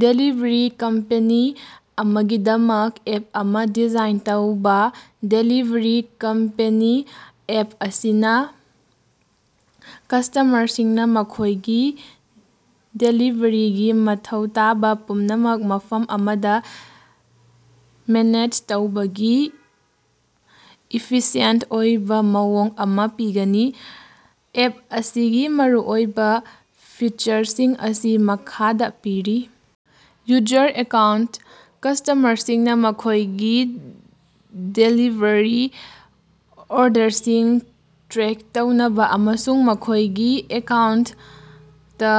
Delivery company ꯑꯃꯒꯤꯗꯃꯛ app ꯑꯃ design ꯇꯧꯕ꯫ ꯗꯦꯂꯤꯕꯔꯤ ꯀꯝꯄꯦꯅꯤ ꯑꯦꯞ ꯑꯁꯤꯅ ꯀꯁꯇꯃꯔꯁꯤꯡꯅ ꯃꯈꯣꯏꯒꯤ ꯗꯦꯂꯤꯕꯔꯤꯒꯤ ꯃꯊꯧ ꯇꯥꯕ ꯄꯨꯝꯅꯃꯛ ꯃꯐꯝ ꯑꯃꯗ ꯃꯦꯅꯦꯖ ꯇꯧꯕꯒꯤ ꯏꯐꯤꯁꯤꯌꯦꯟꯇ ꯑꯣꯏꯕ ꯃꯑꯣꯡ ꯑꯃ ꯄꯤꯒꯅꯤ꯫ ꯑꯦꯞ ꯑꯁꯤꯒꯤ ꯃꯔꯨꯑꯣꯏꯕ ꯐꯤꯆꯔꯁꯤꯡ ꯑꯁꯤ ꯃꯈꯥꯗ ꯄꯤꯔꯤ: ꯌꯨꯖꯔ ꯑꯦꯀꯥꯎꯟꯇ: ꯀꯁꯇꯃꯔꯁꯤꯡꯅ ꯃꯈꯣꯏꯒꯤ ꯗꯦꯂꯤꯚꯔꯤ ꯑꯣꯔꯗꯔꯁꯤꯡ ꯇ꯭ꯔꯦꯛ ꯇꯧꯅꯕ ꯑꯃꯁꯨꯡ ꯃꯈꯣꯏꯒꯤ ꯑꯦꯀꯥꯎꯟꯇ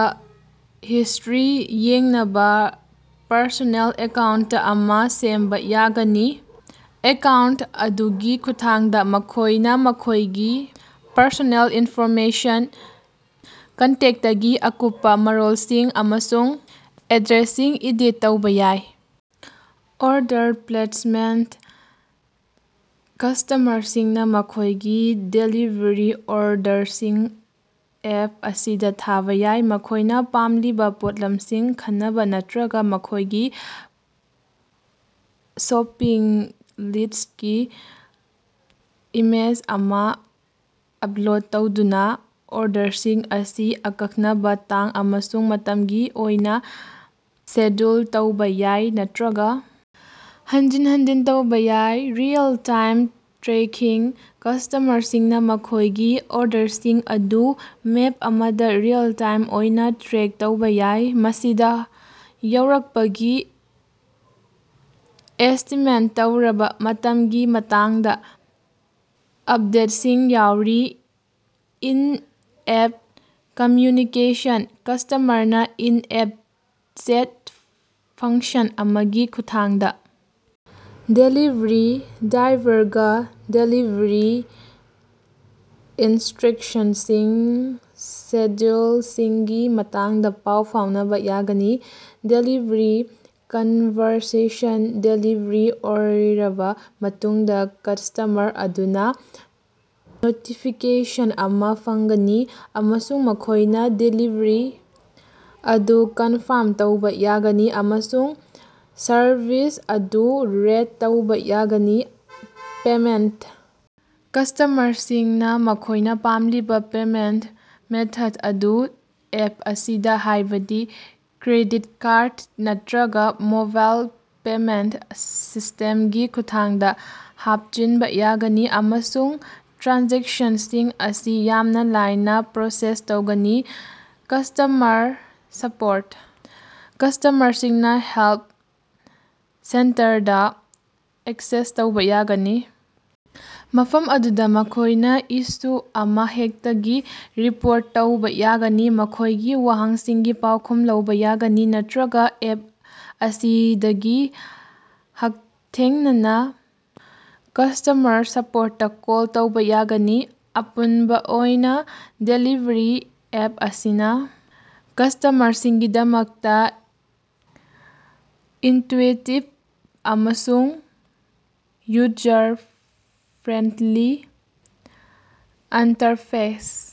ꯍꯤꯁꯇ꯭ꯔꯤ ꯌꯦꯡꯅꯕ ꯄꯔꯁꯣꯅꯦꯜ ꯑꯦꯀꯥꯎꯟꯇ ꯑꯃ ꯁꯦꯝꯕ ꯌꯥꯒꯅꯤ꯫ ꯑꯦꯀꯥꯎꯟꯇ ꯑꯗꯨꯒꯤ ꯈꯨꯠꯊꯥꯡꯗ ꯃꯈꯣꯏꯅ ꯃꯈꯣꯏꯒꯤ ꯄꯔꯁꯣꯅꯦꯜ ꯏꯟꯐꯣꯔꯃꯦꯁꯟ, ꯀꯟꯇꯦꯛꯇꯀꯤ ꯑꯀꯨꯞꯄ ꯃꯔꯣꯜꯁꯤꯡ ꯑꯃꯁꯨꯡ ꯑꯦꯗ꯭ꯔꯦꯁꯁꯤꯡ ꯑꯦꯗꯤꯠ ꯇꯧꯕ ꯌꯥꯏ꯫ ꯑꯣꯔꯗꯔ ꯄ꯭ꯂꯦꯁꯃꯦꯟꯇ: ꯀꯁꯇꯃꯔꯁꯤꯡꯅ ꯃꯈꯣꯏꯒꯤ ꯗꯦꯂꯤꯕꯔꯤ ꯑꯣꯔꯗꯔꯁꯤꯡ ꯑꯦꯞ ꯑꯁꯤꯗ ꯊꯥꯕ ꯌꯥꯏ, ꯃꯈꯣꯏꯅ ꯄꯥꯝꯂꯤꯕ ꯄꯣꯠꯂꯝꯁꯤꯡ ꯈꯟꯅꯕ ꯅꯠꯇ꯭ꯔꯒ ꯃꯈꯣꯏꯒꯤ ꯁꯣꯄꯤꯡ ꯂꯤꯁ꯭ꯇꯀꯤ ꯏꯃꯦꯖ ꯑꯃ ꯑꯞꯂꯣꯗ ꯇꯧꯗꯨꯅ꯫ ꯑꯣꯔꯗꯔꯁꯤꯡ ꯑꯁꯤ ꯑꯀꯛꯅꯕ ꯇꯥꯡ ꯑꯃꯁꯨꯡ ꯃꯇꯝꯒꯤ ꯑꯣꯏꯅ ꯁꯦꯗ꯭ꯌꯨꯜ ꯇꯧꯕ ꯌꯥꯏ ꯅꯠꯇ꯭ꯔꯒ ꯍꯟꯖꯤꯟ ꯍꯟꯖꯤꯟ ꯇꯧꯕ ꯌꯥꯏ꯫ ꯔꯤꯑꯦꯜ-ꯇꯥꯏꯝ ꯇ꯭ꯔꯦꯀꯤꯡ: ꯀꯁꯇꯃꯔꯁꯤꯡꯅ ꯃꯈꯣꯏꯒꯤ ꯑꯣꯔꯗꯔꯁꯤꯡ ꯑꯗꯨ ꯃꯦꯞ ꯑꯃꯗ ꯔꯤꯑꯦꯜ-ꯇꯥꯏꯝ ꯑꯣꯏꯅ ꯇ꯭ꯔꯦꯛ ꯇꯧꯕ ꯌꯥꯏ, ꯃꯁꯤꯗ ꯌꯧꯔꯛꯄꯒꯤ ꯑꯦꯁꯇꯤꯃꯦꯠ ꯇꯧꯔꯕ ꯃꯇꯝꯒꯤ ꯃꯇꯥꯡꯗ ꯑꯞꯗꯦꯠꯁꯤꯡ ꯌꯥꯎꯔꯤ꯫ ꯏꯟ-ꯑꯦꯞ ꯀꯝꯃ꯭ꯌꯨꯅꯤꯀꯦꯁꯟ: ꯀꯁꯇꯃꯔꯅ ꯏꯟ-ꯑꯦꯞ ꯆꯦꯠ ꯐꯪꯁꯟ ꯑꯃꯒꯤ ꯈꯨꯠꯊꯥꯡꯗ ꯗꯦꯂꯤꯚꯔꯤ ꯗ꯭ꯔꯥꯏꯚꯔꯒ ꯗꯦꯂꯤꯚꯔꯤ ꯏꯟꯁꯇ‌꯭ꯔꯛꯁꯟꯁꯤꯡ, ꯁꯦꯗ꯭ꯌꯨꯜꯁꯤꯡꯒꯤ ꯃꯇꯥꯡꯗ ꯄꯥꯎ ꯐꯥꯎꯅꯕ ꯌꯥꯒꯅꯤ꯫ ꯗꯦꯂꯤꯚꯔꯤ ꯀꯟꯐꯥꯔꯃꯦꯁꯟ: ꯗꯦꯂꯤꯚꯔꯤ ꯂꯣꯏꯔꯕ ꯃꯇꯨꯡꯗ ꯀꯁꯇꯃꯔ ꯑꯗꯨꯅ ꯅꯣꯇꯤꯐꯤꯀꯦꯁꯟ ꯑꯃ ꯐꯪꯒꯅꯤ, ꯑꯃꯁꯨꯡ ꯃꯈꯣꯏꯅ ꯗꯦꯂꯤꯚꯔꯤ ꯑꯗꯨ ꯀꯟꯐꯥꯔꯝ ꯇꯧꯕ ꯌꯥꯒꯅꯤ ꯑꯃꯁꯨꯡ ꯁꯔꯚꯤꯁ ꯑꯗꯨ ꯔꯦꯠ ꯇꯧꯕ ꯌꯥꯒꯅꯤ꯫ ꯄꯦꯃꯦꯟꯇ: ꯀꯁꯇꯃꯔꯁꯤꯡꯅ ꯃꯈꯣꯏꯅ ꯄꯥꯝꯂꯤꯕ ꯄꯦꯃꯦꯟꯇ ꯃꯦꯊꯗ ꯑꯗꯨ ꯑꯦꯞ ꯑꯁꯤꯗ, ꯍꯥꯏꯕꯗꯤ ꯀ꯭ꯔꯦꯗꯤꯠ ꯀꯥꯔꯗ ꯅꯠꯇ꯭ꯔꯒ ꯃꯣꯕꯥꯏꯜ ꯄꯦꯃꯦꯟꯇ ꯁꯤꯁꯇꯦꯝꯒꯤ ꯈꯨꯠꯊꯥꯡꯗ ꯍꯥꯞꯆꯤꯟꯕ ꯌꯥꯒꯅꯤ ꯑꯃꯁꯨꯡ ꯇ꯭ꯔꯥꯟꯖꯦꯛꯁꯟꯁꯤꯡ ꯑꯁꯤ ꯌꯥꯝꯅ ꯂꯥꯏꯅ ꯄ꯭ꯔꯣꯁꯦꯁ ꯇꯧꯒꯅꯤ꯫ ꯀꯁꯇꯃꯔ ꯁꯄꯣꯔꯠ: ꯀꯁꯇꯃꯔꯁꯤꯡꯅ ꯍꯦꯜꯄ ꯁꯦꯟꯇꯔꯗ ꯑꯦꯛꯁꯦꯁ ꯇꯧꯕ ꯌꯥꯒꯅꯤ, ꯃꯐꯝ ꯑꯗꯨꯗ ꯃꯈꯣꯏꯅ ꯏꯁꯨ ꯑꯃꯍꯦꯛꯇꯒꯤ ꯔꯤꯄꯣꯔꯠ ꯇꯧꯕ ꯌꯥꯒꯅꯤ, ꯃꯈꯣꯏꯒꯤ ꯋꯥꯍꯪꯁꯤꯡꯒꯤ ꯄꯥꯎꯈꯨꯝ ꯂꯧꯕ ꯌꯥꯒꯅꯤ, ꯅꯠꯇ‌꯭ꯔꯒ ꯑꯦꯞ ꯑꯁꯤꯗꯒꯤ ꯍꯛꯊꯦꯡꯅꯅ ꯀꯁ꯭ꯇꯃꯔ ꯁꯄꯣꯔꯇꯇ ꯀꯣꯜ ꯇꯧꯕ ꯌꯥꯒꯅꯤ꯫ ꯑꯄꯨꯟꯕ ꯑꯣꯏꯅ, ꯗꯦꯂꯤꯕꯔꯤ ꯑꯦꯞ ꯑꯁꯤꯅ ꯀꯁꯇꯃꯔꯁꯤꯡꯒꯤꯗꯃꯛꯇ ꯏꯟꯇ꯭ꯌꯨꯏꯇꯤꯚ ꯑꯃꯁꯨꯡ ꯌꯨꯖꯔ ꯐ꯭ꯔꯦꯟꯗꯂꯤ ꯏꯟꯇꯔꯐꯦꯁ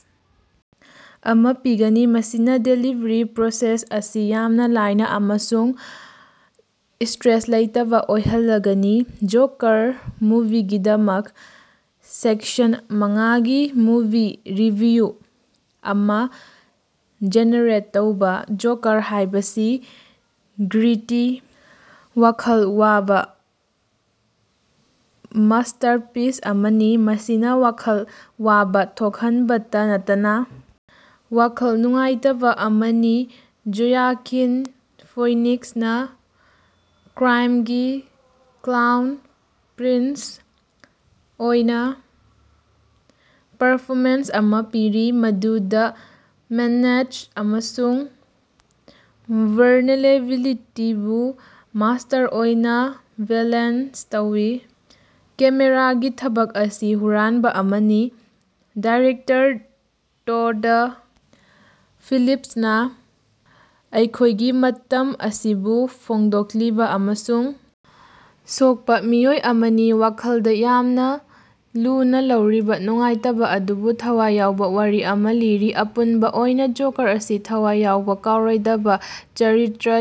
ꯑꯃ ꯄꯤꯒꯅꯤ, ꯃꯁꯤꯅ ꯗꯦꯂꯤꯕꯔꯤ ꯄ꯭ꯔꯣꯁꯦꯁ ꯑꯁꯤ ꯌꯥꯝꯅ ꯂꯥꯏꯅ ꯑꯃꯁꯨꯡ ꯁ꯭ꯇꯔꯦꯁ ꯂꯩꯇꯕ ꯑꯣꯏꯍꯜꯂꯒꯅꯤ꯫ "ꯖꯣꯀꯥꯔ" ꯃꯨꯚꯤꯒꯤꯗꯃꯛ ꯁꯦꯛꯁꯟ ꯃꯉꯥꯒꯤ ꯃꯨꯚꯤ ꯔꯤꯚꯤꯌꯨ ꯑꯃ ꯖꯦꯅꯦꯔꯦꯠ ꯇꯧꯕ꯫ "ꯖꯣꯀꯥꯔ" ꯍꯥꯏꯕꯁꯤ ꯒ꯭ꯔꯤꯇꯤ, ꯋꯥꯈꯜ ꯋꯥꯕ ꯃꯥꯁꯇꯔꯄꯤꯁ ꯑꯃꯅꯤ, ꯃꯁꯤꯅ ꯋꯥꯈꯜ ꯋꯥꯕ ꯊꯣꯛꯍꯟꯕꯇ ꯅꯠꯇꯅ ꯋꯥꯈꯜ ꯅꯨꯡꯉꯥꯏꯇꯕ ꯑꯃꯅꯤ꯫ ꯖꯣꯌꯥꯀꯤꯟ ꯐꯣꯏꯅꯤꯛꯁꯅ ꯀ꯭ꯔꯥꯏꯝꯒꯤ ꯀ꯭ꯂꯥꯎꯟ ꯄ꯭ꯔꯤꯟꯁ ꯑꯣꯏꯅ ꯄꯔꯐꯣꯃꯦꯟꯁ ꯑꯃ ꯄꯤꯔꯤ, ꯃꯗꯨꯗ ꯃꯦꯗꯅꯦꯁ ꯑꯃꯁꯨꯡ ꯚꯜꯅꯦꯔꯦꯕꯤꯂꯤꯇꯤꯕꯨ ꯃꯥꯁꯇꯔ ꯑꯣꯏꯅ ꯕꯦꯂꯦꯟꯁ ꯇꯧꯏ꯫ ꯀꯦꯃꯦꯔꯥꯒꯤ ꯊꯕꯛ ꯑꯁꯤ ꯍꯨꯔꯥꯟꯕ ꯑꯃꯅꯤ꯫ ꯗꯥꯏꯔꯦꯛꯇꯔ ꯇꯣꯗ ꯐꯤꯂꯤꯞꯁꯅ ꯑꯩꯈꯣꯏꯒꯤ ꯃꯇꯝ ꯑꯁꯤꯕꯨ ꯐꯣꯡꯗꯣꯛꯂꯤꯕ ꯑꯃꯁꯨꯡ ꯁꯣꯛꯄ ꯃꯤꯑꯣꯏ ꯑꯃꯒꯤ ꯋꯥꯈꯜꯗ ꯌꯥꯝꯅ ꯂꯨꯅ ꯂꯧꯔꯤꯕ ꯅꯨꯡꯉꯥꯏꯇꯕ ꯑꯗꯨꯕꯨ ꯊꯋꯥꯏ ꯌꯥꯎꯕ ꯋꯥꯔꯤ ꯑꯃ ꯂꯤꯔꯤ꯫ ꯑꯄꯨꯟꯕ ꯑꯣꯏꯅ "ꯖꯣꯀꯥꯔ" ꯑꯁꯤ ꯊꯋꯥꯏ ꯌꯥꯎꯕ, ꯀꯥꯎꯔꯣꯏꯗꯕ ꯆꯔꯤꯇ꯭ꯔ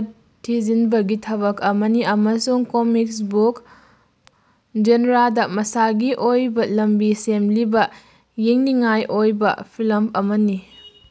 ꯊꯤꯖꯤꯟꯕꯒꯤ ꯊꯕꯛ ꯑꯃꯅꯤ ꯑꯃꯁꯨꯡ ꯀꯣꯃꯤꯛꯁ ꯕꯨꯛ ꯖꯦꯟꯔꯗ ꯃꯁꯥꯒꯤ ꯑꯣꯏꯕ ꯂꯝꯕꯤ ꯁꯦꯝꯂꯤꯕ ꯌꯦꯡꯅꯤꯡꯉꯥꯏ ꯑꯣꯏꯕ ꯐꯤꯜꯂꯝ ꯑꯃꯅꯤ꯫